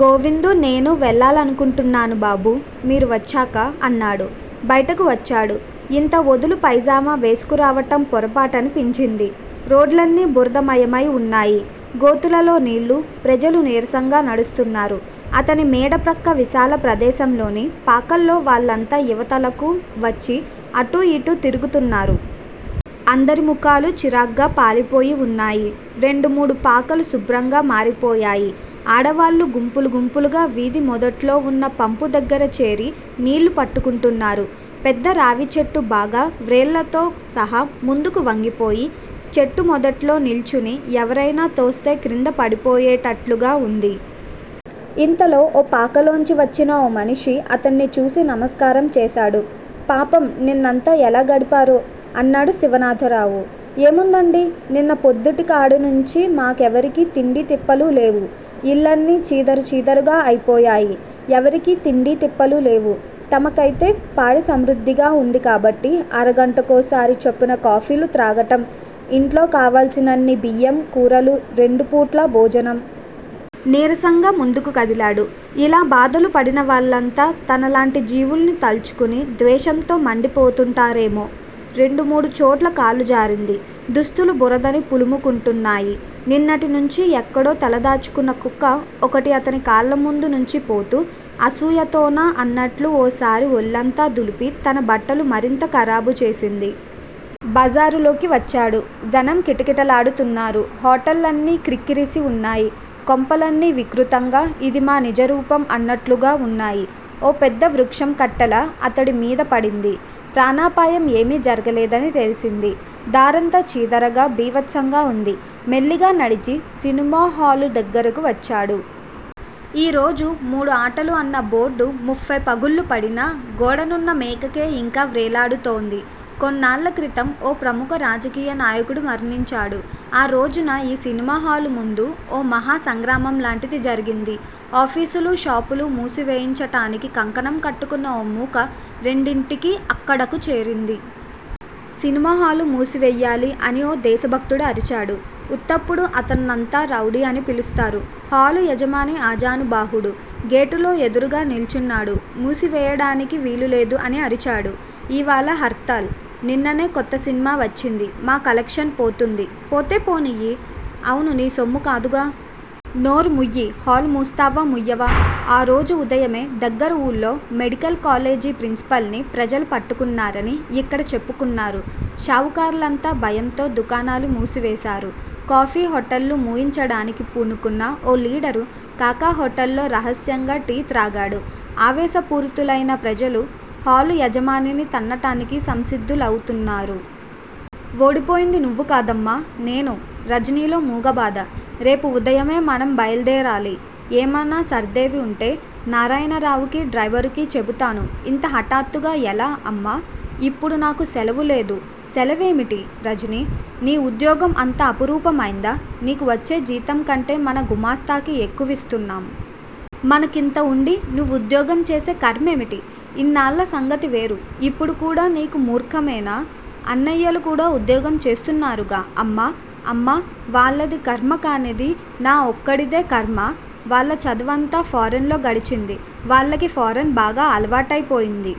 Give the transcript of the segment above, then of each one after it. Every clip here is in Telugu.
గోవిందు నేనూ వెళ్ళాలనుకుంటున్నాను బాబూ- మీరు వచ్చాక అన్నాడు. బయటకు వచ్చాడు. ఇంత ఒదులు పైజామా వేసుకురావటం పొరపాటని పించింది. రోడ్లన్నీ బురదమయమై వున్నాయి. గోతులలో నీళ్ళు, ప్రజలు నీరసంగా నడుస్తున్నారు. అతని మేడ ప్రక్క విశాల ప్రదేశంలోని పాకల్లో వాళ్ళంతా యివతలకు వచ్చి అటూ యిటూ తిరుగుతున్నారు. అందరి ముఖాలు చిరాగ్గా పాలిపోయి వున్నాయి. రెండు మూడు పాకలు శుభ్రంగా మారిపోయాయి. ఆడవాళ్ళు గుంపులు గుంపులుగా వీధి మొదట్లోవున్న పంపు దగ్గర చేరి నీళ్ళు పట్టుకుంటున్నారు. పెద్ద రావిచెట్టు బాగా, వ్రేళ్ళతో సహా ముందుకు వంగిపోయి, చెట్టు మొదట్లో నిల్చుని, ఎవరైనా తోస్తే క్రింద పడిపోయేటట్లుగా వుంది. ఇంతలో ఓ పాకలోంచి వచ్చిన ఓ మనిషి అతన్ని చూసి నమస్కారం చేశాడు. పాపం! నిన్నంతా ఎలా గడిపారో! అన్నాడు శివనాథరావు. ఏముందండీ? నిన్న పొద్దుటి కాడినుంచీ మాకెవరికీ తిండీ తిప్పలూ లేవు. ఇళ్ళన్నీ చీదర చీదరగా అయిపోయాయి. ఎవరికీ తిండీతిప్పలు లేవు. తమకైతే పాడి సమృద్దిగా వుంది కాబట్టి అరగంటకోసారి చొప్పున కాఫీలు త్రాగటం, ఇంట్లో కావలసినన్ని బియ్యం, కూరలు రెండు పూట్లా భోజనం. నీరసంగా ముందుకు కదిలాడు. ఇలా బాధలు పడినవాళ్ళంతా తనలాంటి జీవుల్ని తలుచుకుని ద్వేషంతో మండి పోతుంటారేమో! రెండు మూడు చోట్ల కాలు జారింది. దుస్తులు బురదని పులుముకుంటున్నాయి. నిన్నటి నుంచీ ఎక్కడో తలదాచుకున్న కుక్క ఒకటి అతని కాళ్ళ ముందు నుంచి పోతూ, అసూయతోనా అన్నట్లు ఓసారి ఒళ్ళంతా దులిపి తన బట్టలు మరింత ఖరాబు చేసింది. బజారులోకి వచ్చాడు. జనం కిటకిటలాడుతున్నారు. హోటళ్ళన్నీ క్రిక్కిరిసి వున్నాయి. కొంపలన్నీ వికృతంగా, ఇది మా నిజరూపం అన్నట్లుగా వున్నాయి. ఓ పెద్ద వృక్షం కట్టెల అతడి మీద పడింది. ప్రాణాపాయం ఏమీ జరగలేదని తెలిసింది. దారంతా చీదరగా, భీబత్సంగా వుంది. మెల్లిగా నడిచి సినిమాహాలు దగ్గరకు వచ్చాడు. ఈ రోజు మూడు ఆటలు అన్న బోర్డు ముఫ్ఫై పగుళ్ళు పడినా, గోడనున్న మేకుకే యింకా వ్రేలాడుతోంది. కొన్నాళ్ళ క్రితం ఓ ప్రముఖ రాజకీయ నాయకుడు మరణించాడు. ఆ రోజుణ యీ సినిమాహాలు ముందు ఓ మహా సంగ్రామంలాంటిది జరిగింది. ఆఫీసులూ, షాపులూ మూసివేయించటానికి కంకణం కట్టుకున్న ఓ మూక రెండింటికీ అక్కడకు చేరింది. సినిమాహాలు మూసివెయ్యాలి అని ఓ దేశభక్తుడు అరిచాడు. ఉత్తప్పుడు అతన్నంతా రౌడీ అని పిలుస్తారు. హాలు యజమాని ఆజానుబాహుడు. గేటులో ఎదురుగా నిల్చున్నాడు. మూసివేయడానికి వీలులేదు అని అరిచాడు. ఇవాళ హర్తాళ్. నిన్ననే కొత్త సినిమా వచ్చింది. మా కలెక్షన్ పోతుంది. పోతే పోనియ్యి. అవును నీ సొమ్ము కాదుగా. నోరు ముయ్యి హాలు మూస్తావా, ముయ్యవా? ఆరోజు ఉదయమే దగ్గర ఊళ్ళో మెడికల్ కాలేజి ప్రిన్సిపాల్ ని ప్రజలు పట్టుకున్నారని యిక్కడ చెప్పుకున్నారు. షావుకార్లంతా భయంతో దుకాణాలు మూసివేశారు. కాఫీ హోటళ్ళు మూయించడానికి పూనుకున్న ఓ లీడరు కాకా హోటల్లో రహస్యంగా టీ త్రాగాడు. ఆవేశపూరితులైన ప్రజలు హాలు యజమానిని తన్నటానికి సంసిద్దులౌతున్నారు. ఓడిపోయింది నువ్వు కాదమ్మా! నేను. రజనీలో మూగ బాధ. రేపు వుదయమే మనం బయల్దేరాలి! ఏమానా సర్దేవివుంటే నారాయణరావుకీ, డ్రైవరుకీ చెబుతాను. ఇంత హఠాత్తుగా ఎలా, అమ్మా? ఇప్పుడు నాకు సెలవులేదు. సెలవేమిటి, రజనీ? నీ ఉద్యోగం అంత అపురూపమైందా? నీకు వచ్చే జీతంకంటే మన గుమాస్తాకి ఎక్కువిస్తున్నాం. మనకింత వుండి నువ్వు ఉద్యోగం చేసే ఖర్మేమిటి? ఇన్నాళ్ళ సంగతి వేరు! ఇప్పుడు కూడా నీకా మూర్ఖమేనా? అన్నయ్యలు కూడా ఉద్యోగం చేస్తున్నారుగా, అమ్మా? అమ్మా? వాళ్లది ఖర్మ కానిది నా ఒక్కడిదే ఖర్మా? వాళ్ల చదువంతా ఫారిన్ లో గడిచింది. వాళ్లకి ఫారిన్ బాగా అలవాటైపోయింది.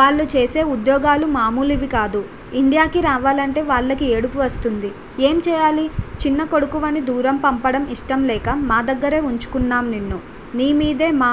వాళ్లు చేసే ఉద్యోగాలు మామూలివి కాదు! ఇండియాకి రావాలంటే వాళ్లకి ఏడుపు వస్తుంది. ఏం చేయాలి? చిన్న కొడుకువని దూరం పంపడం ఇష్టంలేక మా దగ్గరే వుంచుకొన్నాం నిన్ను. నీ మీదే మా